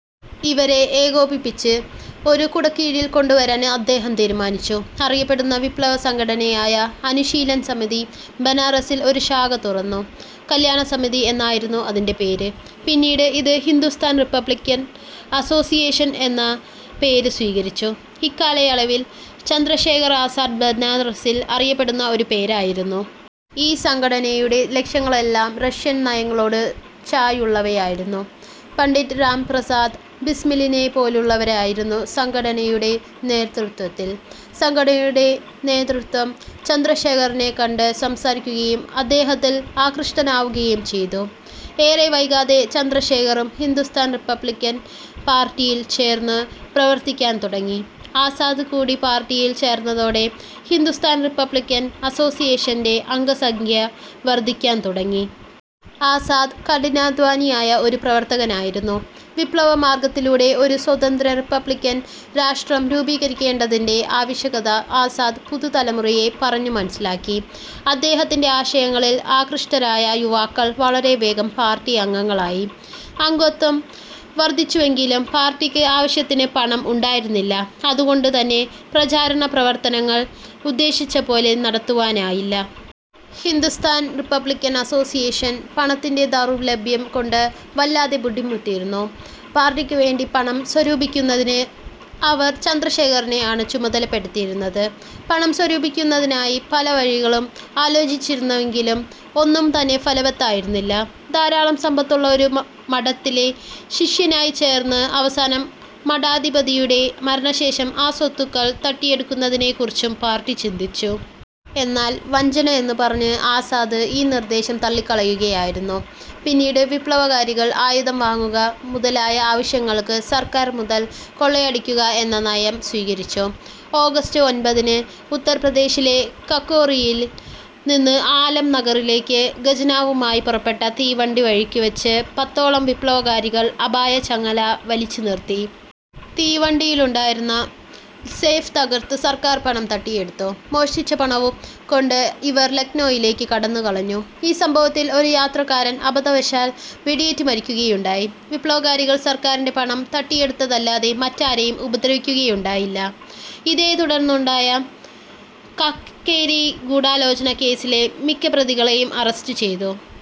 ഇവരെ ഏകോപിപ്പിച്ച് ഒരു കുടക്കീഴിൽ കൊണ്ടുവരാൻ അദ്ദേഹം തീരുമാനിച്ചു. അറിയപ്പെടുന്ന വിപ്ലവസംഘടനയായ അനുശീലൻ സമിതി, ബനാറസിൽ ഒരു ശാഖ തുറന്നു. കല്യാണ സമിതി എന്നായിരുന്നു അതിന്റെ പേര്. പിന്നീട് ഇത് ഹിന്ദുസ്ഥാൻ റിപ്പബ്ലിക്കൻ അസ്സോസിയേഷൻ എന്ന പേരു സ്വീകരിച്ചു. ഇക്കാലയളവിൽ ചന്ദ്രശേഖർ ആസാദ് ബനാറസിൽ അറിയപ്പെടുന്ന ഒരു പേരായിരുന്നു. ഈ സംഘടനയുടെ ലക്ഷ്യങ്ങളെല്ലാം റഷ്യൻ നയങ്ങളോട് ചായ്വുള്ളവയായിരുന്നു. പണ്ഡിറ്റ് രാംപ്രസാദ് ബിസ്മിലിനെപ്പോലുള്ളവരായിരുന്നു സംഘടനയുടെ നേതൃത്വത്തിൽ. സംഘടനയുടെ നേതൃത്വം ചന്ദ്രശേഖറിനെകണ്ട് സംസാരിക്കുകയും അദ്ദേഹത്തിൽ ആകൃഷ്ടനാവുകയുംചെയ്തു. ഏറെ വൈകാതെ ചന്ദ്രശേഖറും ഹിന്ദുസ്ഥാൻ റിപ്പബ്ലിക്കൻ പാർട്ടിയിൽ ചേർന്നു പ്രവർത്തിക്കാൻ തുടങ്ങി. ആസാദ് കൂടി പാർട്ടിയിൽ ചേർന്നതോടെ ഹിന്ദുസ്ഥാൻ റിപ്പബ്ലിക്കൻ അസ്സോസ്സിയേഷന്റെ അംഗസംഖ്യ വർദ്ധിക്കാൻ തുടങ്ങി. ആസാദ് കഠിനാധ്വാനിയായ ഒരു പ്രവർത്തകനായിരുന്നു. വിപ്ലവമാർഗ്ഗത്തിലൂടെ ഒരു സ്വതന്ത്ര റിപ്പബ്ലിക്കൻ രാഷ്ട്രം രൂപീകരിക്കേണ്ടതിന്റെ ആവശ്യകത ആസാദ് പുതു തലമുറയെ പറഞ്ഞു മനസ്സിലാക്കി. അദ്ദേഹത്തിന്റെ ആശയങ്ങളിൽ ആകൃഷ്ടരായ യുവാക്കൾ വളരെ വേഗം പാർട്ടി അംഗങ്ങളായി. അംഗത്വം വർദ്ധിച്ചുവെങ്കിലും, പാർട്ടിക്ക് ആവശ്യത്തിന് പണം ഉണ്ടായിരുന്നില്ല. അതുകൊണ്ടു തന്നെ പ്രചാരണപ്രവർത്തനങ്ങൾ ഉദ്ദേശിച്ചപോലെ നടത്തുവാനായില്ല. ഹിന്ദുസ്ഥാൻ റിപ്പബ്ലിക്കൻ അസ്സോസ്സിയേഷൻ പണത്തിന്റെ ദൗർലഭ്യം കൊണ്ട് വല്ലാതെ ബുദ്ധിമുട്ടിയിരുന്നു. പാർട്ടിക്കുവേണ്ടി പണം സ്വരൂപിക്കുന്നതിന് അവർ ചന്ദ്രശേഖറിനെ ആണ് ചുമതലപ്പെടുത്തിയിരുന്നത്. പണം സ്വരൂപിക്കുന്നതിനായി പല വഴികളും ആലോചിച്ചിരുന്നുവെങ്കിലും ഒന്നും തന്നെ ഫലവത്തായിരുന്നില്ല. ധാരാളം സമ്പത്തുള്ള ഒരു മഠത്തിലെ ശിഷ്യനായി ചേർന്ന് അവസാനം മഠാധിപതിയുടെ മരണശേഷം ആ സ്വത്തുക്കൾ തട്ടിയെടുക്കുന്നതിനെക്കുറിച്ചും പാർട്ടി ചിന്തിച്ചു. എന്നാൽ വഞ്ചന എന്നു പറഞ്ഞ് ആസാദ് ഈ നിർദ്ദേശം തള്ളിക്കളയുകയായിരുന്നു. പിന്നീട്, വിപ്ലവകാരികൾ ആയുധം വാങ്ങുക മുതലായ ആവശ്യങ്ങൾക്ക് സർക്കാർ മുതൽ കൊള്ളയടിക്കുക എന്ന നയം സ്വീകരിച്ചു. ഓഗസ്റ്റ് ഒൻപതിന് ഉത്തർപ്രദേശിലെ കാക്കോറിയിൽ നിന്ന് ആലം നഗറിലേക്ക് ഖജനാവുമായി പുറപ്പെട്ട തീവണ്ടി വഴിക്കു വച്ച് പത്തോളം വിപ്ലവകാരികൾ അപായ ചങ്ങല വലിച്ച് നിർത്തി. തീവണ്ടിയിലുണ്ടായിരുന്ന സേഫ് തകർത്ത് സർക്കാർ പണം തട്ടിയെടുത്തു. മോഷ്ടിച്ച പണവും കൊണ്ട് ഇവർ ലക്നോയിലേക്കു കടന്നു കളഞ്ഞു. ഈ സംഭവത്തിൽ ഒരു യാത്രക്കാരൻ അബന്ധവശാൽ വെടിയേറ്റു മരിക്കുകയുണ്ടായി. വിപ്ലവകാരികൾ സർക്കാരിന്റെ പണം തട്ടിയെടുത്തതല്ലാതെ മറ്റാരേയും ഉപദ്രവിക്കുകയുണ്ടായില്ല. ഇതേ തുടർന്നുണ്ടായ കാക്കേറി ഗൂഢാലോചന കേസിലെ മിക്ക പ്രതികളേയും അറസ്റ്റ് ചെയ്തു.